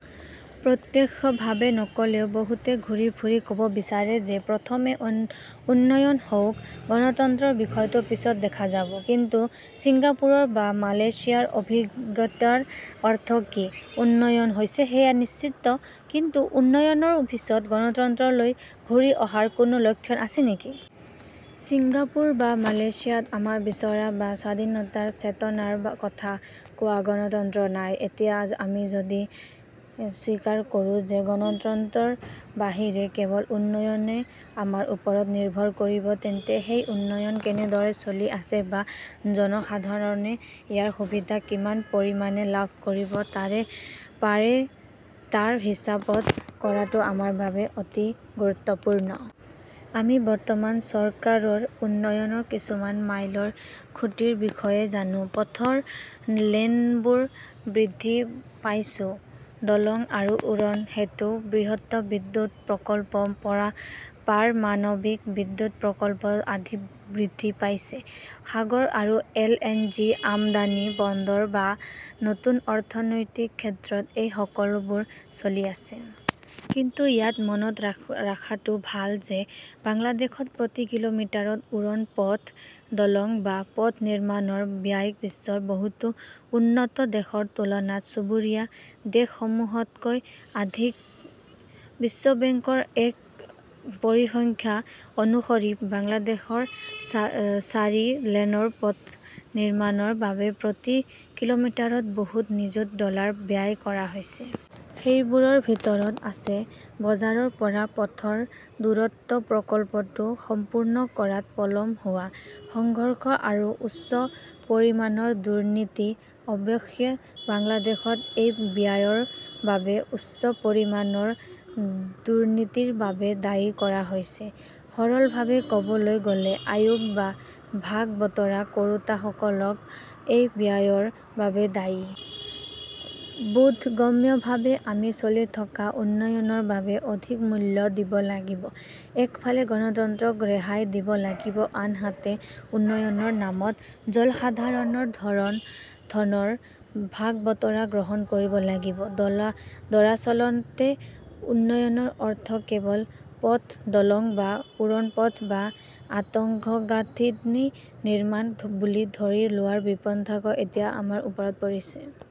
প্ৰত্যক্ষভাৱে নক'লেও, বহুতে ঘূৰি ফুৰি ক'ব বিচাৰে যে প্ৰথমে উন্নয়ন হওক, গণতন্ত্ৰৰ বিষয়টো পিছত দেখা যাব। কিন্তু ছিংগাপুৰ বা মালয়েছিয়াৰ অভিজ্ঞতাৰ অৰ্থ কি? উন্নয়ন হৈছে সেয়া নিশ্চিত, কিন্তু উন্নয়নৰ পিছত গণতন্ত্ৰলৈ ঘূৰি অহাৰ কোনো লক্ষণ আছে নেকি? ছিংগাপুৰ বা মালয়েছিয়াত আমাৰ বিচৰা বা স্বাধীনতাৰ চেতনাৰ কথা কোৱা গণতন্ত্ৰ নাই। এতিয়া আমি যদি স্বীকাৰ কৰোঁ যে গণতন্ত্ৰৰ বাহিৰে কেৱল উন্নয়নহে আমাৰ ওপৰত নিৰ্ভৰ কৰিব, তেন্তে সেই উন্নয়ন কেনেদৰে চলি আছে বা জনসাধাৰণে ইয়াৰ সুবিধা কিমান পৰিমাণে লাভ কৰিব পাৰে তাৰ হিচাপত কৰাটো আমাৰ বাবে অতি গুৰুত্বপূৰ্ণ। আমি বৰ্তমান চৰকাৰৰ উন্নয়নৰ কিছুমান মাইলৰ খুঁটিৰ বিষয়ে জানো। পথৰ লেনবোৰ বৃদ্ধি পাইছো, দলং আৰু উৰণ সেতু, বৃহৎ বিদ্যুৎ প্ৰকল্প, পাৰমাণৱিক বিদ্যুৎ প্ৰকল্প আদি বৃদ্ধি পাইছে। সাগৰ আৰু এল. এন. জি. আমদানি, বন্দৰ বা নতুন অৰ্থনৈতিক ক্ষেত্ৰত এই সকলোবোৰ চলি আছে। কিন্তু ইয়াত মনত ৰাখাটো ভাল যে বাংলাদেশত প্ৰতি কিলোমিটাৰত উৰণ পথ, দলং বা পথ নিৰ্মাণৰ ব্যায় বিশ্বৰ বহুতো উন্নত দেশৰ তুলনাত চুবুৰীয়া দেশসমূহতকৈ আধিক। বিশ্ববেংকৰ এক পৰিসংখ্যা অনুসৰি বাংলাদেশত চাৰি লেনৰ পথ নিৰ্মাণৰ বাবে প্ৰতি কিলোমিটাৰত বহুত নিযুত ডলাৰ ব্যায় কৰা হৈছে। সেইবোৰৰ ভিতৰত আছে, বজাৰৰ পৰা পথৰ দূৰত্ব, প্ৰকল্পটো সম্পূৰ্ণ কৰাত পলম হোৱা, সংঘৰ্ষ আৰু উচ্চ পৰিমাণৰ দুৰ্নীতি। অৱশ্যে, বাংলাদেশত এই ব্যায়ৰ বাবে উচ্চ পৰিমাণৰ দুৰ্নীতিৰ বাবে দায়ী কৰা হৈছে। সৰলভাৱে ক'বলৈ গ'লে, আয়োগ বা ভাগ-বতৰা কৰোঁতাসকলক এই ব্যায়ৰ বাবে দায়ী। বোধগম্যভাৱে, আমি চলি থকা উন্নয়নৰ বাবে অধিক মূল্য দিব লাগিব। একফালে গণতন্ত্ৰক ৰেহাই দিব লাগিব, আনহাতে উন্নয়নৰ নামত জনসাধাৰণৰ ধনৰ ভাগ-বতৰা গ্ৰহণ কৰিব লাগিব। দৰাচলনতে উন্নয়নৰ অৰ্থ কেৱল পথ, দলং বা উৰণপথ বা আন্তকখ গাঁথিনি নিৰ্মাণ বুলি ধৰি লোৱাৰ বিপদাশং এতিয়া আমাৰ ওপৰত পৰিছে।